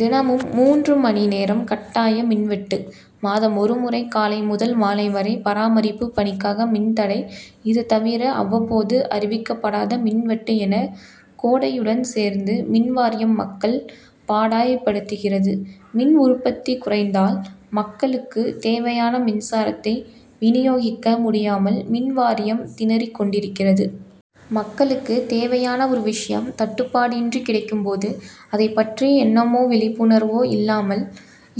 தினமும் மூன்று மணி நேரம் கட்டாய மின்வெட்டு; மாதம் ஒருமுறை காலை முதல் மாலை வரை பராமரிப்பு பணிக்காக மின்தடை இதுதவிர அவ்வப்போது அறிவிக்கப்படாத மின்வெட்டு என கோடையுடன் சேர்ந்து மின்வாரியம் மக்கள் பாடாய்படுத்துகிறது. மின் உற்பத்தி குறைந்தால் மக்களுக்கு தேவையான மின்சாரத்தை வினியோகிக்க முடியாமல் மின்வாரியம் திணறிக் கொண்டிருக்கிறது. மக்களுக்கு தேவையான ஒரு விஷயம் தட்டுப்பாடின்றி கிடைக்கும்போது அதைப்பற்றிய எண்ணமோ விழிப்புணர்வோ இல்லாமல்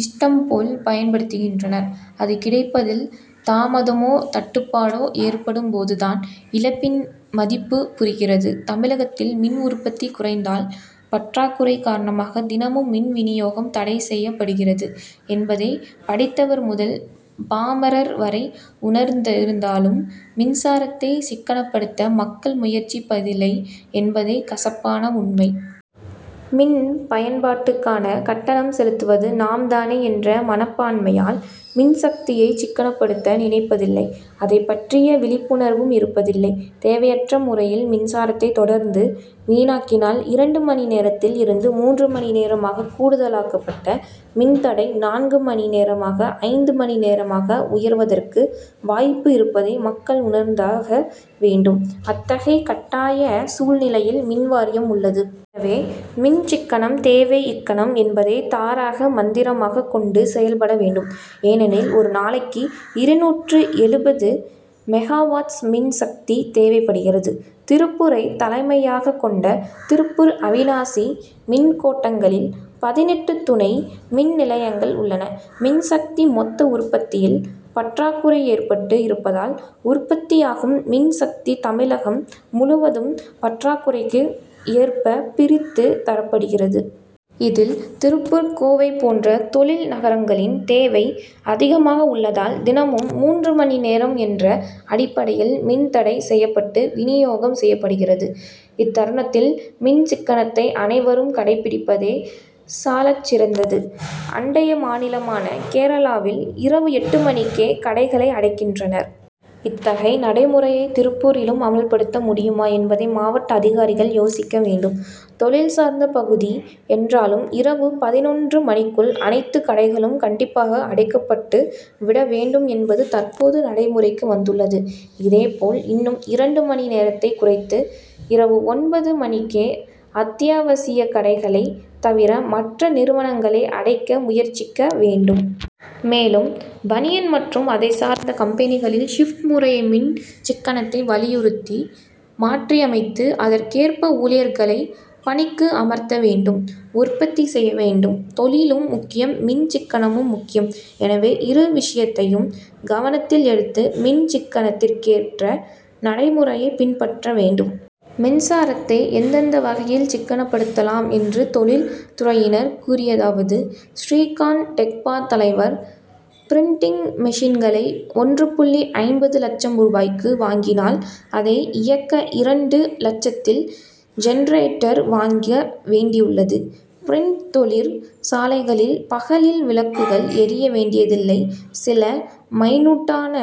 இஷ்டம் போல் பயன்படுத்துகின்றனர் அது கிடைப்பதில் தாமதமோ தட்டுப்பாடோ ஏற்படும் போதுதான் இழப்பின் மதிப்பு புரிகிறது. தமிழகத்தில் மின் உற்பத்தி குறைந்தால் பற்றாக்குறை காரணமாக தினமும் மின் வினியோகம் தடை செய்யப் படுகிறது என்பதை படித்தவர் முதல் பாமரர் வரை உணர்ந்திருந்தாலும் மின்சாரத்தை சிக்கனப்படுத்த மக்கள் முயற்சிப்பதில்லை என்பதே கசப்பான உண்மை. மின்பயன்பாட்டுக்கான கட்டணம் செலுத்துவது நாம் தானே என்ற மனப்பான்மையால் மின்சக்தியை சிக்கனப்படுத்த நினைப்பதில்லை அதைப்பற்றிய விழிப்புணர்வும் இருப்பதில்லை. தேவையற்ற முறையில் மின்சாரத்தை தொடர்ந்து வீணாக்கினால் இரண்டு மணி நேரத்தில் இருந்து மூன்று மணி நேரமாக கூடுதலாக்கப்பட்ட மின்தடை நான்கு மணி நேரமாக ஐந்து மணி நேரமாக உயர்வதற்கு வாய்ப்பு இருப்பதை மக்கள் உணர்ந்தாக வேண்டும் அத்தகைய கட்டாய சூழ்நிலையில் மின்வாரியம் உள்ளது. எனவே மின்சிக்கனம் தேவை இக்கணம் என்பதை தாரக மந்திரமாக கொண்டு செயல்பட வேண்டும். ஏனெனில் ஒரு நாளைக்கு இருநூற்று எழுபது மெகாவாட் மின் சக்தி தேவைப்படுகிறது. திருப்பூரை தலைமையாக கொண்ட திருப்பூர் அவிநாசி மின்கோட்டங்களில் பதினெட்டு துணை மின்நிலையங்கள் உள்ளன. மின்சக்தி மொத்த உற்பத்தியில் பற்றாக்குறை ஏற்பட்டு இருப்பதால் உற்பத்தியாகும் மின் சக்தி தமிழகம் முழுவதும் பற்றாக்குறைக்கு ஏற்ப பிரித்து தரப்படுகிறது. இதில் திருப்பூர், கோவை போன்ற தொழில் நகரங்களின் தேவை அதிகமாக உள்ளதால் தினமும் மூன்று மணி நேரம் என்ற அடிப்படையில் மின் தடை செய்யப்பட்டு வினியோகம் செய்யப்படுகிறது. இத்தருணத்தில் மின் சிக்கனத்தை அனைவரும் கடைபிடிப்பதே சாலச்சிறந்தது. அண்டை மாநிலமான கேரளாவில் இரவு எட்டு மணிக்கே கடைகளை அடைக்கின்றனர். இத்தகைய நடைமுறையை திருப்பூரிலும் அமல்படுத்த முடியுமா என்பதை மாவட்ட அதிகாரிகள் யோசிக்க வேண்டும். தொழில் சார்ந்த பகுதி என்றாலும், இரவு பதினொன்று மணிக்குள் அனைத்து கடைகளும் கண்டிப்பாக அடைக்கப்பட்டு விட வேண்டும் என்பது தற்போது நடைமுறைக்கு வந்துள்ளது. இதேபோல் இன்னும் இரண்டு மணி நேரத்தை குறைத்து, இரவு ஒன்பது மணிக்கே அத்தியாவசிய கடைகளை தவிர மற்ற நிறுவனங்களை அடைக்க முயற்சிக்க வேண்டும். மேலும் பனியன் மற்றும் அதைச்சார்ந்த கம்பெனிகளில் ஷிப்ட் முறையை மின் சிக்கனத்தை வலியுறுத்தி மாற்றியமைத்து அதற்கேற்ப ஊழியர்களை பணிக்கு அமர்த்த வேண்டும் உற்பத்தி செய்ய வேண்டும். தொழிலும் முக்கியம் மின் சிக்கனமும் முக்கியம். எனவே இரு விஷயத்தையும் கவனத்தில் எடுத்து மின் சிக்கனத்துக்கேற்ற நடைமுறையை பின்பற்ற வேண்டும். மின்சாரத்தை எந்தெந்த வகையில் சிக்கனப்படுத்தலாம் என்று தொழில் துறையினர் கூறியதாவது:ஸ்ரீகாந்த் டெக்பா தலைவர் பிரின்டிங் மெஷின்களை ஒன்று புள்ளி ஐம்பது லட்சம் ரூபாய்க்கு வாங்கினால் அதை இயக்க இரண்டு லட்சத்தில் ஜென்ரேட்டர் வாங்க வேண்டியுள்ளது. பிரின்டிங் தொழிற் சாலைகளில் பகலில் விளக்குகள் எரிய வேண்டியதில்லை. சில மைனூட்டான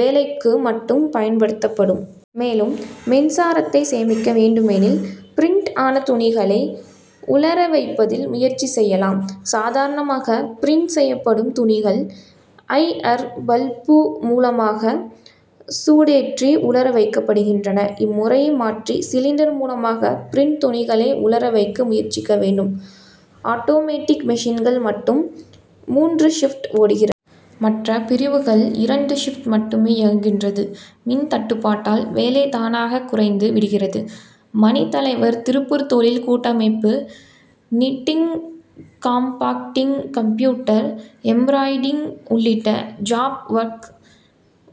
வேலைகளுக்கு மட்டும் பயன்படுத்தப்படும். மேலும் மின்சாரத்தை சேமிக்க வேண்டுமெனில் பிரின்ட் ஆன துணிகளை உலர வைப்பதில் முயற்சி செய்யலாம். சாதாரணமாக பிரின்ட் செய்யப்படும் துணிகள் ஐ. அர். பல்பு மூலமாக சூடேற்றி உலர வைக்கப்படுகின்றன. இம்முறையை மாற்றி சிலிண்டர் மூலமாக பிரின்ட் துணிகளை உலர வைக்க முயற்சிக்க வேண்டும். ஆட்டோமேட்டிக் மெஷின்கள் மட்டுமே மூன்று ஷிப்ட் ஓடுகிற. மற்றபிரிவுகள் இரண்டு ஷிப்ட் மட்டுமே இயங்குகின்றன. மின் தட்டுப்பாட்டால் வேலை தானாக குறைந்து விடுகிறது. மணி தலைவர் திருப்பூர் தொழில் கூட்டமைப்பு நிட்டிங் காம்பாக்டிங் கம்ப்யூட்டர் எம்ப்ராய்டரிங் உள்ளிட்ட ஜாப் ஒர்க்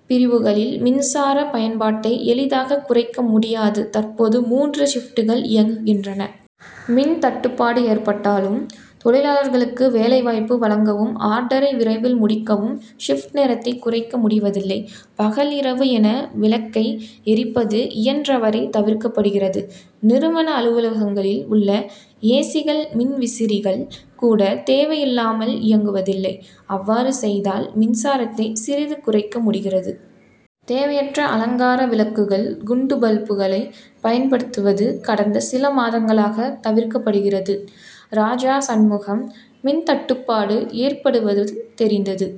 பிரிவுகளில் மின்சார பயன்பாட்டை எளிதாக குறைக்க முடியாது. தற்போது மூன்று ஷிப்ட்கள் இயங்குகின்றன. மின் தட்டுப்பாடு ஏற்பட்டாலும் தொழிலாளர்களுக்கு வேலைவாய்ப்பு வழங்கவும் ஆர்டரை விரைவில் முடிக்கவும் ஷிப்ட் நேரத்தை குறைக்க முடிவதில்லை. பகல் இரவு என விளக்கை எரிப்பது இயன்ற வரை தவிர்க்கப்படுகிறது. நிறுவன அலுவலகங்களில் உள்ள ஏசிகள் மின்விசிறிகள் கூட தேவையில்லாமல் இயக்குவதில்லை. அவ்வாறு செய்வதால் மின்சாரத்தை சிறிது குறைக்க முடிகிறது. தேவையற்ற அலங்கார விளக்குகள் குண்டு பல்புகளை பயன்படுத்துவது கடந்த சில மாதங்களாக தவிர்க்கப்படுகிறது. ராஜாசண்முகம்: மின்தட்டுப்பாடு ஏற்படுவது தெரிந்தது